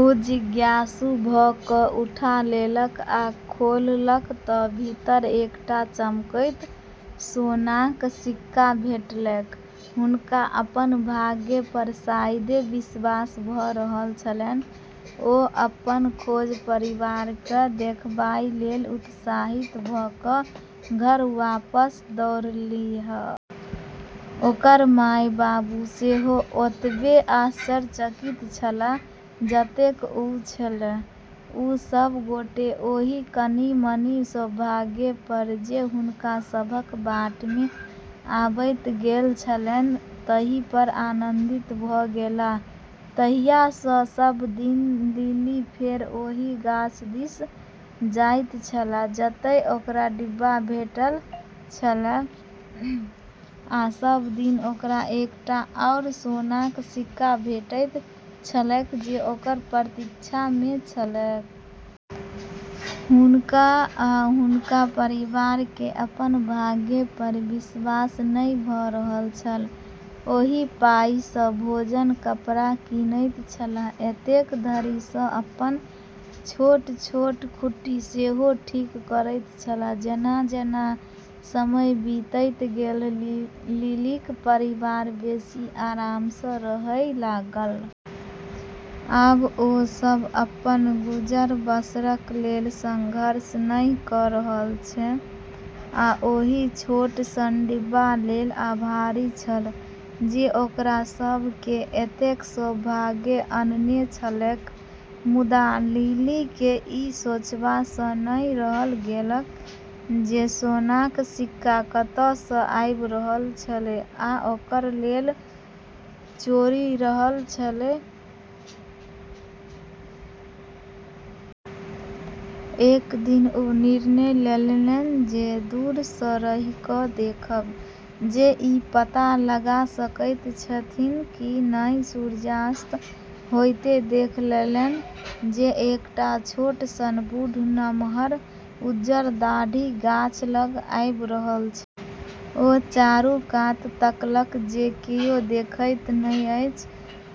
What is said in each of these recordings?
ओ जिज्ञासु भऽ कऽ उठा लेलक आ खोललक तऽ भीतर एकटा चमकैत सोनाक सिक्का भेटलैक। हुनका अपन भाग्य पर शायदे विश्वास भऽ रहल छलनि ।ओ अपन खोज परिवार केँ देखाबय लेल उत्साहित भऽ कऽ घर वापस दौड़लीह । ओकर माय-बाबू सेहो ओतबे आश्चर्यचकित छलाह जतेक ओ छलीह, आ सभ गोटे ओहि कनि-मनि सौभाग्य पर जे हुनका सभक बाट मे आबि गेल छलनि, ताहि पर आनन्दित भऽ गेलाह। तहिया सँ सब दिन लिली फेर ओहि गाछ दिस जाइत छलीह जतय ओकरा डिब्बा भेटल छलैक, आ सब दिन ओकरा एकटा आओर सोनाक सिक्का भेटैत छलैक जे ओकर प्रतीक्षा मे छलैक। हुनका आ हुनकर परिवार के अपन भाग्य पर विश्वास नै भ रहल छल! ओहि पाइ सँ भोजन, कपड़ा कीनैत छलाह, एतेक धरि जे अपन छोट-छोट कुटी सेहो ठीक करैत छलाह। जेना-जेना समय बीतैत गेल, लिलीक परिवार बेसी आराम सँ रहय लागल। आब ओ सभ अपन गुजर-बसरक लेल संघर्ष नहि कऽ रहल छल, आ ओहि छोट सन डिब्बा लेल आभारी छल जे ओकरा सभ केँ एतेक सौभाग्य अनने छलैक। मुदा, लिली केँ ई सोचबा सँ नहि रहल गेलैक जे सोनाक सिक्का कतय सँ आबि रहल छलैक, आ के ओकरा लेल छोड़ि रहल छलैक। एक दिन ओ निर्णय लेलनि जे दूर सँ रहि कऽ देखब, जे ई पता लगा सकैत छथि कि नहि। सूर्यास्त होइते देखलनि जे एकटा छोट सन बूढ़, नमहर उज्जर दाढ़ी, गाछ लग आबि रहल छल। ओ चारू कात तकलक जे कियो देखैत नहि अछि,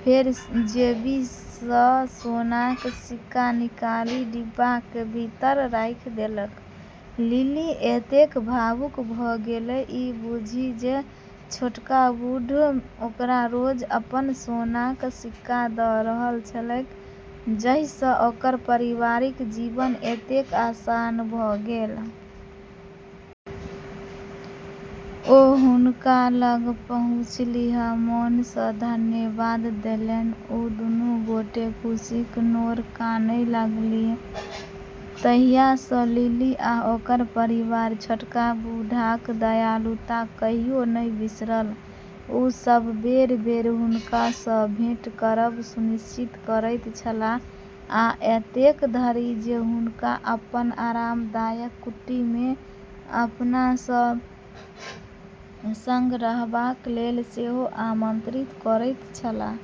फेर जेबीसँ सोनाक सिक्का निकालि डिब्बाक भीतर राखि देलक। लिली एतेक भावुक भऽ गेलै, ई बुझि जे छोटका बूढ़ ओकरा रोज अपन सोनाक सिक्का दऽ रहल छलैक, जाहि सँ ओकर परिवारक जीवन एतेक आसान भऽ गेलै। ओ हुनका लग पहुँचलीह, मोन सँ धन्यवाद देलनि, आ दुनू गोटे खुशीक नोर कानय लगलीह। तहिया सँ लिली आ ओकर परिवार छोटका बूढ़क दयालुता कहियो नहि बिसरल। ओ सभ बेर-बेर हुनका सँ भेंट करब सुनिश्चित करैत छलाह, आ एतेक धरि जे हुनका अपन आब आरामदायक कुटी मे अपना संग रहबाक लेल सेहो आमंत्रित करैत छलाह।